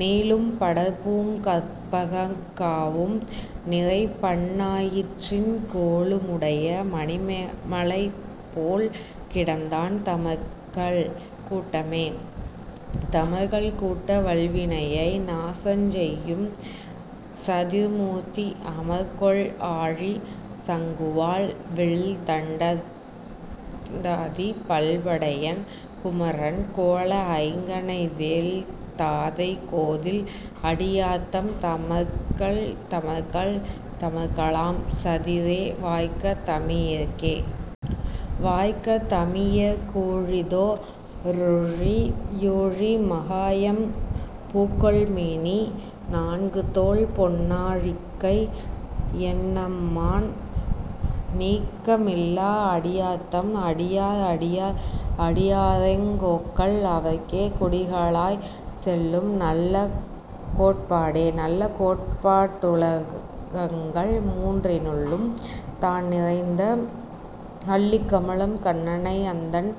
நீளும் படர்பூங் கற்பகக் காவும் நிறைபன் னாயிற்றின், கோளு முடைய மணிமலைபோல் கிடந்தான் தமர்கள் கூட்டமே.. தமர்கள் கூட்ட வல்வினையை நாசஞ் செய்யும் சதிர்மூர்த்தி, அமர்கொள் ஆழி சங்குவாள் வில்தண் டாதி பல்படையன், குமரன் கோல ஐங்கணைவேள் தாதை கோதில் அடியார்தம். தமர்கள் தமர்கள் தமர்களாம் சதிரே வாய்க்க தமியேற்கே.. வாய்க்க தமியேற் கூழிதோ றூழி யூழி மாகாயாம் பூக்கொள் மேனி நான்குதோள் பொன்னா ழிக்கை யென்னம்மான், நீக்க மில்லா அடியார்தம் அடியார் அடியார் அடியாரெங் கோக்கள், அவர்க்கே குடிகளாய்ச் செல்லும் நல்ல கோட்பாடே. நல்ல கோட்பாட் டுலகங்கள் மூன்றி னுள்ளும் தான்நிறைந்த, அல்லிக் கமலக் கண்ணனை அந்தண்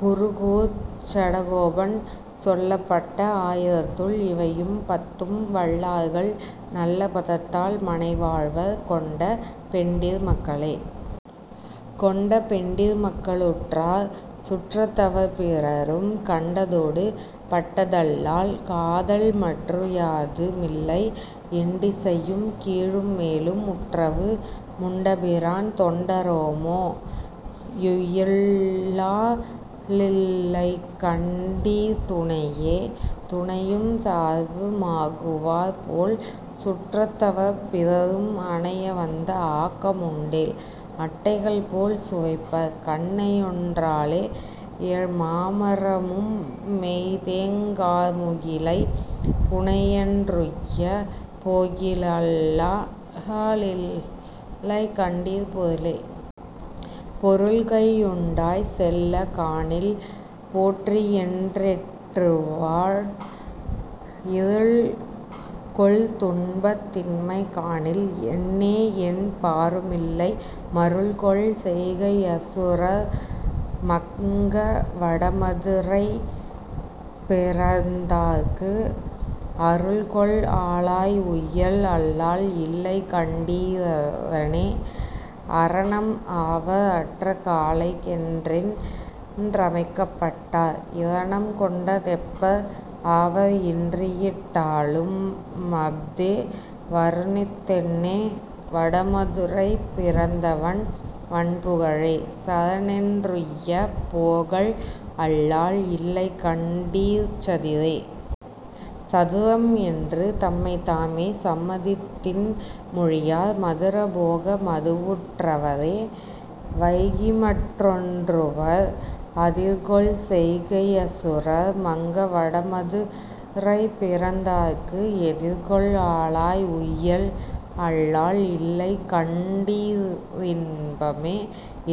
குருகூர்ச் சடகோபன், சொல்லப் பட்ட ஆயிரத்துள் இவையும் பத்தும் வல்லார்கள், நல்ல பதத்தால் மனைவாழ்வர் கொண்ட பெண்டிர் மக்களே. கொண்ட பெண்டிர் மக்களுற்றார் சுற்றத் தவர்பிறரும், கண்ட தோடு பட்டதல்லால் காதல்மற்று யாதுமில்லை, எண்டி சையும் கீழும்மேலும் முற்றவு முண்டபிரான், தொண்ட ரோமா யுய்யலல்லா லில்லைகண் டீர்துணையே.. துணையும் சார்வு மாகுவார்போல் சுற்றத் தவர்பிறரும், அணையவந்த ஆக்கமுண்டேல் அட்டைகள்போல்சுவைப்பர், கணையொன் ராலே யேழ்மாமரமு மெய்தேங் கார்முகிலை, புணையென் றுய்யப் போகிலல்லா லில்லைகண் டீர்பொருளே.. பொருள்கை யுண்டாய்ச் செல்லக் காணில் போற்றியென் றேற்றெழுவர், இருள்கொள் துன்பத் தின்மை காணில் என்னேஎன் பாருமில்லை, மருள்கொள் செய்கை யசுரர் மங்க வடமது ரைப்பிறந்தாற்கு அருள்கொள் ஆளாய் உய்யல் அல்லால் இல்லைகண் டீரரணே.. அரணம் ஆவர் அற்ற காலைக் கென்றென் றமைக்கப்பட்டார், இரணம் கொண்ட தெப்பர் ஆவர் இன்றியிட் டாலுமஃஅதே, வருணித் தென்னே வடமது ரைப்பி றந்தவன் வண்புகழே, சரணென் றுய்யப் போகல் அல்லால் இல்லைகண் டீர்சதிரே.. சதுரம் என்று தம்மைத் தாமே சம்மதித் தின்மொழியார், மதுர போக மதுவுற் றவரே வைகிமற் றொன்றுறுவர், அதிர்கொள் செய்கை யசுரர் மங்க வடமது ரைப்பிறந்தாற்கு, எதிர்கொள் ஆளாய் உய்யல் அல்லால் இல்லைகண் டீரின்பமே..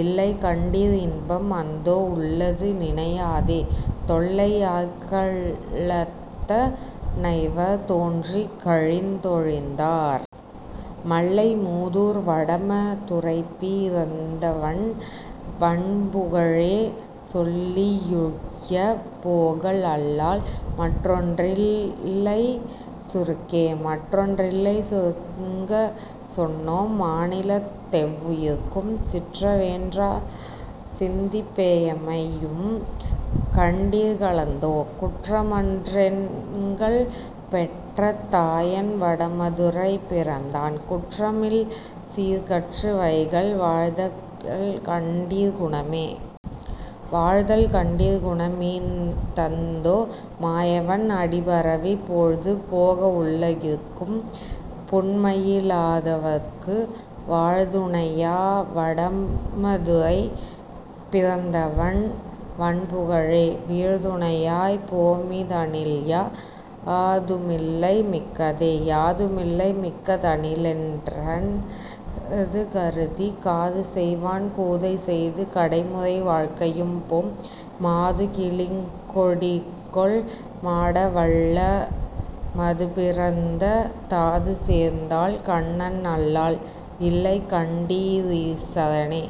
இல்லை கண்டீர் இன்பம் அந்தோ. உள்ளது நினையாதே, தொல்லை யார்க ளெத்த னைவர் தோன்றிக் கழிந்தொழிந்தார்? மல்லை மூதூர் வடம துரைப்பி றந்தவன் வண்புகழே, சொல்லி யுய்யப் போகல் அல்லால் மற்றொன்றில் லைசுருக்கே.. மற்றொன் றில்லை சுருங்கச் சொன்னோம் மாநிலத் தெவ்வுயிர்க்கும், சிற்ற வேண்டா சிந்திப் பேயமை யும்கண் டீர்களந்தோ. குற்றமன் றெங்கள் பெற்றத் தாயன் வடமது ரைப்பிறந்தான், குற்ற மில்சீர் கற்று வைகல் வாழ்தல்கண் டீர்குணமே.. வாழ்தல் கண்டீர் குணமி தந்தோ. மாயவன் அடிபரவி, போழ்து போக வுள்ள கிற்கும் புன்மையி லாதவர்க்கு, வாழ்து ணையா வடம துரைப்பி றந்தவன் வண்புகழே, வீழ்து ணையாய்ப் போமி தனில்யா துமில்லை மிக்கதே.. யாது மில்லை மிக்க தனிலென் றன்ற துகருதி, காது செய்வான் கூதை செய்து கடைமுறை வாழ்கையும்போம், மாது கிலிங்கொ டிக்கொள் மாட வடமது ரைப்பிறந்த, தாது சேர்தாள் கண்ணன் அல்லால் இல்லைகண் டீரிசரணே..